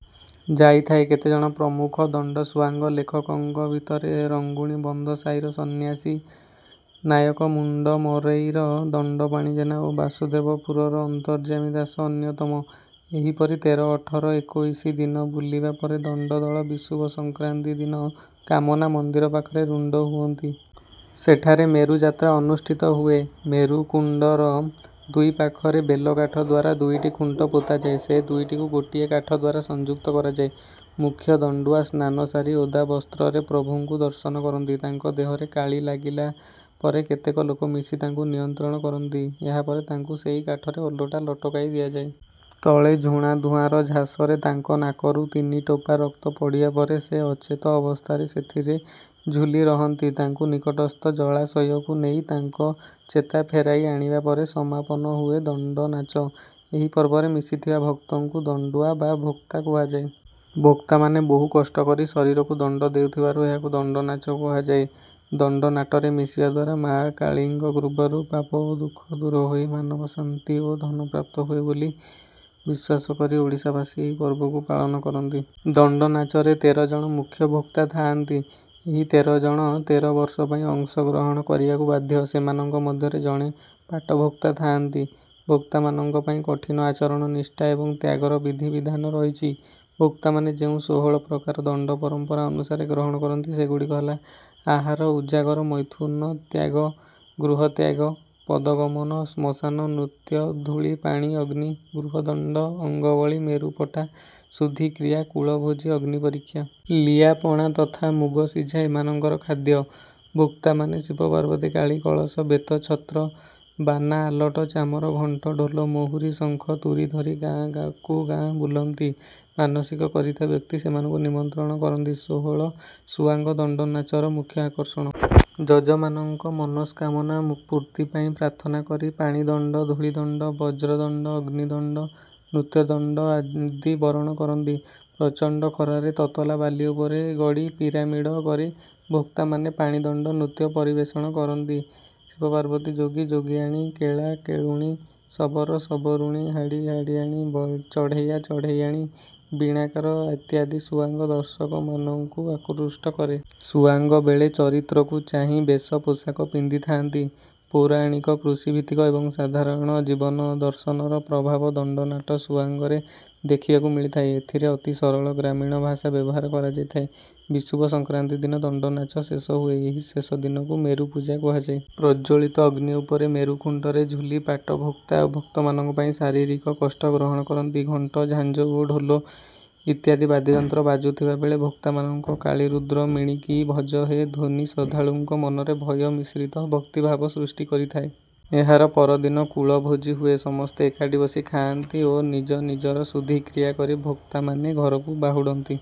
ଯାଇଥାଏ। କେତେଜଣ ପ୍ରମୁଖ ଦଣ୍ଡସୁଆଙ୍ଗ ଲେଖକଙ୍କ ଭିତରେ ରଙ୍ଗୁଣି ବନ୍ଧ ସାହିର ସନ୍ନ୍ୟାସୀ ନାୟକ ମୁଣ୍ଡମରେଇର ଦଣ୍ଡପାଣି ଜେନା ଓ ବାସୁଦେବପୁରର ଅନ୍ତର୍ଯ୍ୟାମୀ ଦାସ ଅନ୍ୟତମ। ଏହିପରି ତେର ଅଠର ଏକୋଇଶି ଦିନ ବୁଲିବା ପରେ ଦଣ୍ଡଦଳ ବିଷୁବ ସଂକ୍ରାନ୍ତି ଦିନ କାମନା ମନ୍ଦିର ପାଖରେ ରୁଣ୍ଡ ହୁଅନ୍ତି। ସେଠାରେ ମେରୁଯାତ୍ରା ଅନୁଷ୍ଠିତ ହୁଏ। ମେରୁକୁଣ୍ଡର ଦୁଇ ପାଖରେ ବେଲକାଠ ଦ୍ୱାରା ଦୁଇଟି ଖୁଣ୍ଟ ପୋତାଯାଏ। ସେ ଦୁଇଟିକୁ ଗୋଟିଏ କାଠ ଦ୍ୱାରା ସଂଯୁକ୍ତ କରାଯାଏ। ମୁଖ୍ୟ ଦଣ୍ଡୁଆ ସ୍ନାନ ସାରି ଓଦା ବସ୍ତ୍ରରେ ପ୍ରଭୁଙ୍କୁ ଦର୍ଶନ କରନ୍ତି ତାଙ୍କ ଦେହରେ କାଳୀ ଲାଗିଲା ପରେ କେତେକ ଲୋକ ମିଶି ତାଙ୍କୁ ନିୟନ୍ତ୍ରଣ କରନ୍ତି ଏହା ପରେ ତାଙ୍କୁ ସେହି କାଠରେ ଓଲଟା ଲଟକାଇ ଦିଆଯାଏ। ତଳେ ଝୁଣା ଧୂଆଁର ଝାସରେ ତାଙ୍କ ନାକରୁ ତିନି ଟୋପା ରକ୍ତ ପଡ଼ିବା ପରେ ସେ ଅଚେତ ଅବସ୍ଥାରେ ସେଥିରେ ଝୁଲି ରହନ୍ତି। ତାଙ୍କୁ ନିକଟସ୍ଥ ଜଳାଶୟକୁ ନେଇ ତାଙ୍କ ଚେତା ଫେରାଇ ଆଣିବା ପରେ ସମାପନ ହୁଏ ଦଣ୍ଡନାଚ। ଏହି ପର୍ବରେ ମିଶିଥିବା ଭକ୍ତଙ୍କୁ ଦଣ୍ଡୁଆ ବା ଭୋକ୍ତା କୁହାଯାଏ। ଭୋକ୍ତାମାନେ ବହୁ କଷ୍ଟ କରି ଶରୀରକୁ ଦଣ୍ଡ ଦେଉଥିବାରୁ ଏହାକୁ ଦଣ୍ଡନାଚ କୁହାଯାଏ। ଦଣ୍ଡନାଟରେ ମିଶିବା ଦ୍ୱାରା ମାଆ କାଳୀଙ୍କ କୃପାରୁ ପାପ ଓ ଦୁଃଖ ଦୂର ହୋଇ ମାନବ ଶାନ୍ତି ଓ ଧନ ପ୍ରାପ୍ତ ହୁଏ ବୋଲି ବିଶ୍ୱାସ କରି ଓଡ଼ିଶାବାସୀ ଏହି ପର୍ବକୁ ପାଳନ କରନ୍ତି। ଦଣ୍ଡନାଚରେ ତେର ଜଣ ମୁଖ୍ୟ ଭୋକ୍ତା ଥାଆନ୍ତି ଏହି ତେର ଜଣ ତେର ବର୍ଷ ପାଇଁ ଅଂଶଗ୍ରହଣ କରିବାକୁ ବାଧ୍ୟ। ସେମାନଙ୍କ ମଧ୍ୟରେ ଜଣେ ପାଟଭୋକ୍ତା ଥାଆନ୍ତି। ଭୋକ୍ତାମାନଙ୍କ ପାଇଁ କଠିନ ଆଚରଣ ନିଷ୍ଠା ଏବଂ ତ୍ୟାଗର ବିଧିବିଧାନ ରହିଛି। ଭୋକ୍ତାମାନେ ଯେଉଁ ଷୋହଳ ପ୍ରକାର ଦଣ୍ଡ ପରମ୍ପରା ଅନୁସାରେ ଗ୍ରହଣ କରନ୍ତି ସେଗୁଡ଼ିକ ହେଲା ଆହାର ଉଜାଗର ମୈଥୁନ ତ୍ୟାଗ ଗୃହତ୍ୟାଗ ପଦଗମନ ଶ୍ମଶାନ ନୃତ୍ୟ ଧୂଳି ପାଣି ଅଗ୍ନି ଗୃହଦଣ୍ଡ ଅଙ୍ଗବଳୀ ମେରୁପଟା ଶୁଦ୍ଧିକ୍ରିୟା କୁଳଭୋଜି ଅଗ୍ନି ପରୀକ୍ଷା। ଲିଆ ପଣା ତଥା ମୁଗସିଝା ଏମାନଙ୍କର ଖାଦ୍ୟ। ଭୋକ୍ତାମାନେ ଶିବ ପାର୍ବତୀ କାଳୀ କଳସ ବେତ ଛତ୍ର ବାନା ଆଲଟ ଚାମର ଘଣ୍ଟ ଢୋଲ ମହୁରୀ ଶଙ୍ଖ ତୁରୀ ଧରି ଗାଁକୁ ଗାଁ ବୁଲନ୍ତି। ମାନସିକ କରିଥିବା ବ୍ୟକ୍ତି ସେମାନଙ୍କୁ ନିମନ୍ତ୍ରଣ କରନ୍ତି। ଷୋହଳ ସୁଆଙ୍ଗ ଦଣ୍ଡନାଚର ମୁଖ୍ୟ ଆକର୍ଷଣ। ଯଜମାନଙ୍କ ମନସ୍କାମନା ପୂର୍ତ୍ତି ପାଇଁ ପ୍ରାର୍ଥନା କରି ପାଣିଦଣ୍ଡ ଧୂଳିଦଣ୍ଡ ବଜ୍ରଦଣ୍ଡ ଅଗ୍ନିଦଣ୍ଡ ନୃତ୍ୟଦଣ୍ଡ ଆଦି ବରଣ କରନ୍ତି। ପ୍ରଚଣ୍ଡ ଖରାରେ ତତଲା ବାଲି ଉପରେ ଗଡ଼ି ପିରାମିଡ଼ କରି ଭୋକ୍ତାମାନେ ପାଣିଦଣ୍ଡ ନୃତ୍ୟ ପରିବେଷଣ କରନ୍ତି। ଶିବ ପାର୍ବତୀ ଯୋଗି ଯୋଗିଆଣୀ କେଳା କେଳୁଣୀ ଶବର ଶବରୁଣୀ ହାଡ଼ି ହାଡ଼ିଆଣୀ ଚଢ଼େୟା ଚଢ଼େୟାଣୀ ବୀଣାକାର ଇତ୍ୟାଦି ସୁଆଙ୍ଗ ଦର୍ଶକମାନଙ୍କୁ ଆକୃଷ୍ଟ କରେ। ସୁଆଙ୍ଗ ବେଳେ ଚରିତ୍ରକୁ ଚାହିଁ ବେଶ ପୋଷାକ ପିନ୍ଧିଥାନ୍ତି। ପୌରାଣିକ କୃଷିଭିତ୍ତିକ ଏବଂ ସାଧାରଣ ଜୀବନ ଦର୍ଶନର ପ୍ରଭାବ ଦଣ୍ଡନାଟ ସୁଆଙ୍ଗରେ ଦେଖିବାକୁ ମିଳିଥାଏ। ଏଥିରେ ଅତି ସରଳ ଗ୍ରାମୀଣ ଭାଷା ବ୍ୟବହାର କରାଯାଇଥାଏ। ବିଷୁବ ସଂକ୍ରାନ୍ତି ଦିନ ଦଣ୍ଡନାଚ ଶେଷ ହୁଏ। ଏହି ଶେଷ ଦିନକୁ ମେରୁ ପୂଜା କୁହାଯାଏ। ପ୍ରଜ୍ୱଳିତ ଅଗ୍ନି ଉପରେ ମେରୁ ଖୁଣ୍ଟରେ ଝୁଲି ପାଟଭୋକ୍ତା ଭକ୍ତମାନଙ୍କ ପାଇଁ ଶାରୀରିକ କଷ୍ଟ ଗ୍ରହଣ କରନ୍ତି। ଘଣ୍ଟ ଝାଞ୍ଜ ଓ ଢୋଲ ଇତ୍ୟାଦି ବାଦ୍ୟଯନ୍ତ୍ର ବାଜୁଥିବା ବେଳେ ଭୋକ୍ତାମାନଙ୍କ କାଳୀରୁଦ୍ର ମଣିକି ଭଜ ହେ ଧ୍ୱନି ଶ୍ରଦ୍ଧାଳୁଙ୍କ ମନରେ ଭୟ ମିଶ୍ରିତ ଭକ୍ତିଭାବ ସୃଷ୍ଟି କରିଥାଏ। ଏହାର ପରଦିନ କୁଳଭୋଜି ହୁଏ ସମସ୍ତେ ଏକାଠି ବସି ଖାଆନ୍ତି ଓ ନିଜ ନିଜର ଶୁଦ୍ଧିକ୍ରିୟା କରି ଭୋକ୍ତାମାନେ ଘରକୁ ବାହୁଡ଼ନ୍ତି।